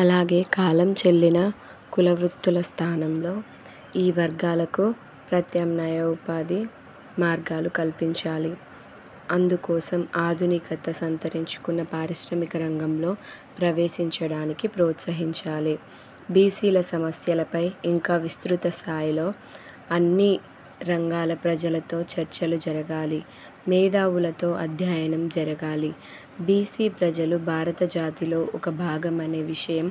అలాగే కాలం చెల్లిన కులవృత్తుల స్థానంలో ఈ వర్గాలకు ప్రత్యమ్నాయ ఉపాధి మార్గాలు కల్పించాలి. అందుకోసం ఆధునికత సంతరించుకున్న పారిశ్రామిక రంగంలో ప్రవేశించడానికి ప్రోత్సహించాలి. బీసీల సమస్యలపై ఇంకా విస్తృత స్థాయిలో అన్ని రంగాల ప్రజలతో చర్చలు జరగాలి, మేధావులతో అధ్యయనం జరగాలి. బీసీ ప్రజలు భారత జాతిలో ఒక భాగమనే విషయం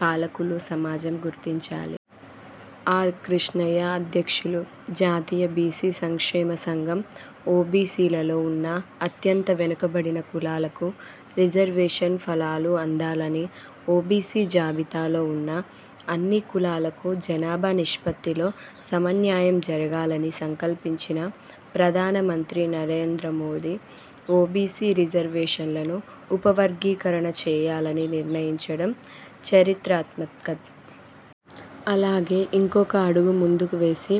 పాలకులు, సమాజం గుర్తించాలి. ఆర్. కృష్ణయ్యఅధ్యక్షులు, జాతీయ బీసీ సంక్షేమ సంఘం ఓబీసీలలో ఉన్న అత్యంత వెనుకబడిన కులాలకు రిజర్వేషన్ ఫలాలు అందాలని, ఓబీసీ -జాబితాలో ఉన్న అన్ని కులాలకు జనాభా నిష్పత్తిలో సమన్యాయం జరగాలని సంకల్పించిన ప్రధానమంత్రి నరేంద్ర మోదీ ఓబీసీ- రిజర్వేషన్లను ఉపవర్గీకరణ చేయాలనీ నిర్ణయించడం చరిత్రాత్మకం. అలాగే ఇంకొక అడుగు ముందుకు వేసి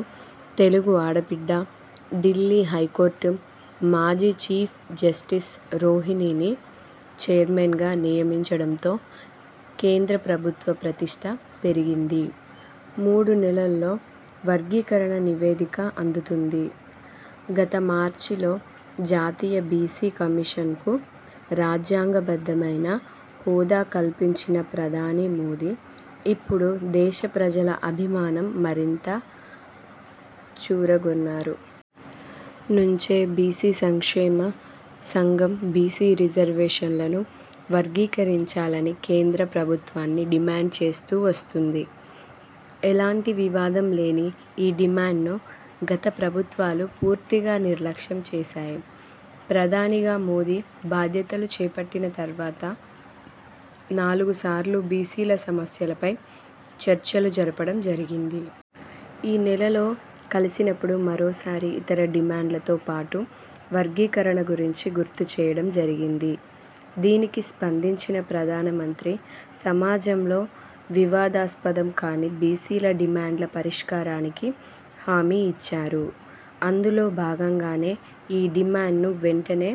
తెలుగు ఆడబిడ్డ, ఢిల్లీ హైకోర్టు। మాజీ చీఫ్ జస్టిస్ రోహిణిని చైర్మన్గా నియమించడంతో కేంద్ర ప్రభుత్వ ప్రతిష్ఠ పెరిగింది. మూడు నెలల్లో వర్గీకరణ నివేదిక అందుతుంది. గత మార్చిలో జాతీయ బీసీ కమిషన్కు రాజ్యాంగబద్ధమైన హోదా కల్పించిన ప్రధాని మోదీ ఇప్పుడు దేశ ప్రజల అభిమానం మరింతగా చూరగొన్నారు. నుంచే బీసీ సంక్షేమ సంఘం బీసీ రిజర్వేషన్లను వర్గీకరించాలని కేంద్ర ప్రభుత్వాన్ని డిమాండ్ చేస్తూ వస్తోంది. ఎలాంటి వివాదం లేని ఈ డిమాండ్ను గత ప్రభుత్వాలు పూర్తిగా నిర్లక్ష్యం చేశాయి. ప్రధానిగా మోదీ బాధ్య తలు చేపట్టిన తర్వాత నాలుగు సార్లు బీసీల సమస్యలపై చర్చలు జరపడం జరిగింది. ఈ నెలలో కలిసినపుడు మరోసారి ఇతర డిమాండ్లతో పాటు వర్గీకరణ గురించి గుర్తుచేయడం జరిగింది. దీనికి స్పందించిన ప్రధానమంత్రి సమాజంలో వివాదాస్పదం కాని బీసీల డిమాండ్ల పరిష్కారానికి హామీ ఇచ్చారు. అందులో భాగంగానే ఈ డిమాండ్ను వెంటనే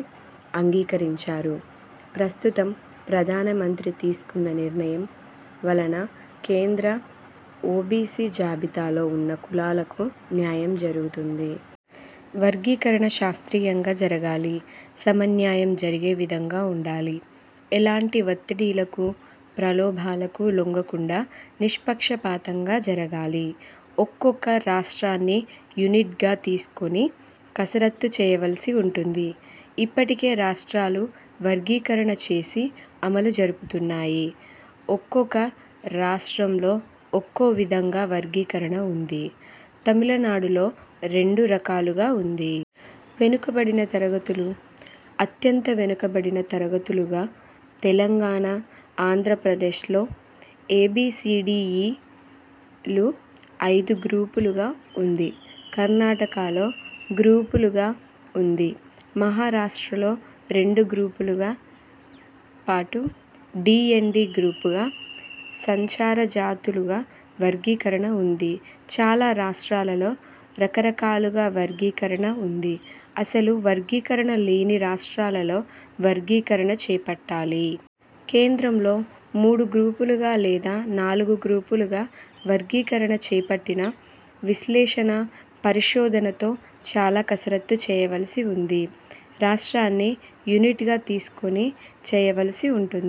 అంగీకరించారు. ప్రస్తుతం ప్రధానమంత్రి తీసుకున్న నిర్ణయం వలన కేంద్ర ఓబీసీ జాబితాలో ఉన్న కులాలకు న్యాయం జరుగుతుంది. వర్గీకరణ శాస్త్రీయంగా జరగాలి. -సమన్యాయం జరిగే విధంగా ఉండాలి. ఎలాంటి వత్తిడిలకు, ప్రలోభాలకు లొంగకుండా నిష్పక్షపాతంగా జరగాలి. ఒక్కొక రాష్ట్రాన్ని యూనిట్గా తీసుకొని కసరత్తు చేయవలిసి ఉంటుంది. ఇప్పటికే రాష్ట్రాలు వర్గీకరణ చేసి అమలు జరుపుతున్నాయి. ఒక్కొక రాష్ట్రంలో ఒక్కో విధంగా వర్గీకరణ ఉంది. తమిళనాడులో రెండు రకాలుగా ఉంది. వెనుకబడిన తరగతులు,- అత్యంత వెనుకబడిన తరగతులుగా, తెలంగాణ, ఆంధ్రప్రదేశ్లో ఏబీసీడీఈ లు ఐదు గ్రూపులుగా ఉంది. కర్ణాటకలో గ్రూపులుగా ఉంది. మహారాష్ట్రలో రెండు గ్రూపులతో పాటు డీఎన్టీ గ్రూపుగా, సంచార జాతులుగా వర్గీకరణ ఉంది. చాలా రాష్ట్రాలలో రకరకాలుగా వర్గీకరణ ఉంది. అసలు వర్గీకరణ లేని రాష్ట్రాలలో వర్గీకరణ చేపట్టాలి. కేంద్రంలో మూడు గ్రూపులుగా లేదా నాలుగు గ్రూపులుగా వర్గీకరణ చేపట్టిన విశ్లేషణ- పరిశోధనతో చాలా కసరత్తు చేయవలసి ఉంది. రాష్ట్రాన్ని యూనిట్గా తీసుకొని చేయవలసి ఉంటుంది.